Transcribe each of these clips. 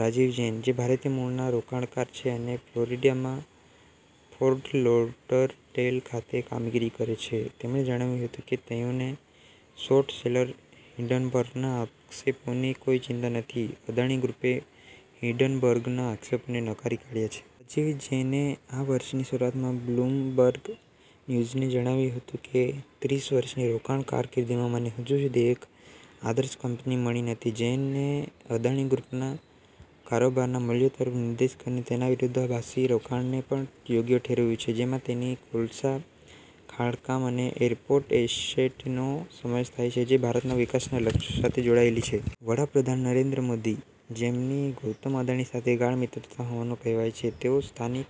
રાજીવ જૈન, જે ભારતીય મૂળના રોકાણકાર છે અને ફ્લોરિડામાં ફોર્ટ લૉડરડેલ ખાતે કામગીરી કરે છે, તેમણે જણાવ્યું હતું કે તેઓને શોર્ટ સેલર હિંડનબર્ગના આક્ષેપોની કોઇ ચિંતા નથી. અદાણી ગ્રૂપે હિંડનબર્ગના આક્ષેપોને નકારી કાઢ્યા છે. રાજીવ જૈને આ વર્ષની શરૂઆતમાં બ્લૂમબર્ગ ન્યૂઝને જણાવ્યું હતું કે ત્રીસ વર્ષની રોકાણ કારકિર્દીમાં મને હજુ સુધી એક આદર્શ કંપની મળી નથી. " જૈને અદાણી ગ્રૂપના કારોબારના મૂલ્ય તરફ નિર્દેશ કરીને તેના વિરોધાભાસી રોકાણને પણ યોગ્ય ઠેરવ્યું છે, જેમાં તેની કોલસા ખાણકામ અને એરપોર્ટ એસેટનો સમાવેશ થાય છે, જે ભારતના વિકાસના લક્ષ્યો સાથે જોડાયેલી છે. વડા પ્રધાન નરેન્દ્ર મોદી, જેમની ગૌતમ અદાણી સાથે ગાઢ મિત્રતા હોવાનું કહેવાય છે, તેઓ સ્થાનિક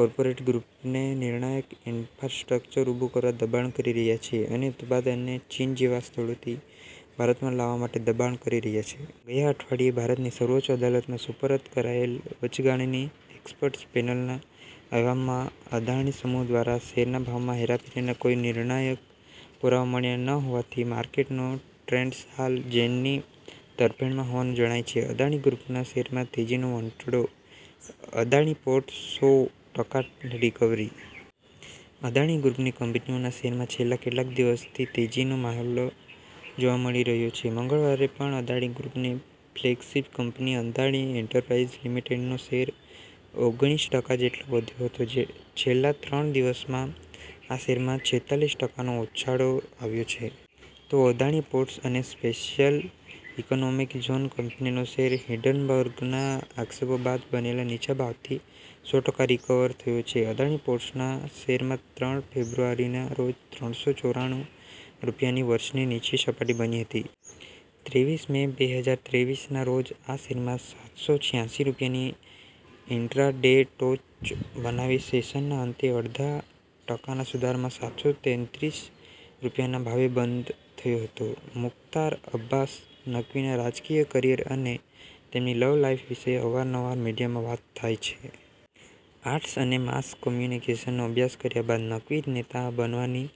કોર્પોરેટ ગ્રૂપને નિર્ણાયક ઈન્શસ્ટ્રક્ચર ઉભું કરવા દબાણ કરી રહ્યા છે અને ઉત્પાદનને ચીન જેવા સ્થળોથી ભારતમાં લાવવા માટે દબાણ કરી રહ્યા છે. ગયા અઠવાડિયે ભારતની સર્વોચ્ચ અદાલતમાં સુપરત કરાયેલ વચગાળાની એક્સપર્ટ્સ પેનલના અહેવાલમાં અદાણી સમૂહ દ્વારા શેરના ભાવમાં હેરાફેરીના કોઈ નિર્ણાયક પુરાવા મળ્યા ન હોવાથી માર્કેટનો ટ્રેન્ડ્સ હાલ જૈનની તરફેણમાં હોવાનું જણાય છે. અદાણી ગ્રૂપના શેરમાં તેજીનો વંટળો, અદાણી પોર્ટ સો ટકા રિકવરી. અદાણી ગ્રૂપની કંપનીઓના શેરમાં છેલ્લા કેટલાક દિવસથી તેજીનો માહોલ જોવા મળી રહ્યો છે. મંગળવારે પણ અદાણી ગ્રૂપની ફ્લેગશિપ કંપની અદાણી એન્ટરપ્રાઇઝ લિમિટેડનો શેર ઓગણીસ ટકા જેટલો વધ્યો હતો. છેલ્લા ત્રણ દિવસમાં આ શેરમાં છેતાલીસ ટકાનો ઉછાળો આવ્યો છે. તો અદાણી પોર્ટ્સ અને સ્પેશિયલ ઇકોનોમિક ઝોન કંપનીનો શેર હિંડનબર્ગના આક્ષેપો બાદ બનેલા નીચા ભાવથી સો ટકા રિકવર થયો છે. અદાણી પોર્ટ્સના શેરમાં ત્રણ ફેબ્રુઆરીના રોજ ત્રણસો ચોરાણુ રૂપિયાની વર્ષની નીચી સપાટી બની હતી. ત્રેવીસ મે, બેહજાર ત્રેવીસના રોજ આ શેરમાં સાતસો છ્યાસી રૂપિયાની ઇન્ટ્રા-ડે ટોચ બનાવી સેશનના અંતે અડધા ટકાના સુધારામાં સાતસો તેત્રીસ રૂપિયાના ભાવે બંધ થયો હતો. મુખ્તાર અબ્બાસ નકવીના રાજકીય કરિયર અને તેમની લવ લાઈફ વિશે અવાર નવાર મીડિયામાં વાત થાય છે. આર્ટસ અને માસ કોમ્યુનિકેશનનો અભ્યાસ કર્યા બાદ નકવી નેતા બનવાની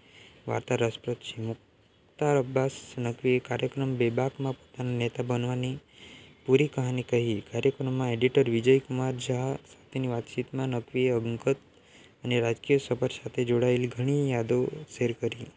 વાર્તા રસપ્રદ છે. મુખ્તાર અબ્બાસ નકવીએ કાર્યક્રમ 'બેબાક'માં પોતાના નેતા બનવાની પુરી કહાની કહી. કાર્યક્રમમાં એડિટર વિજય કુમાર ઝા સાથેની વાતચીતમાં નકવીએ અંગત અને રાજકીય સફર સાથે જોડાયેલી ઘણી યાદો શેર કરી.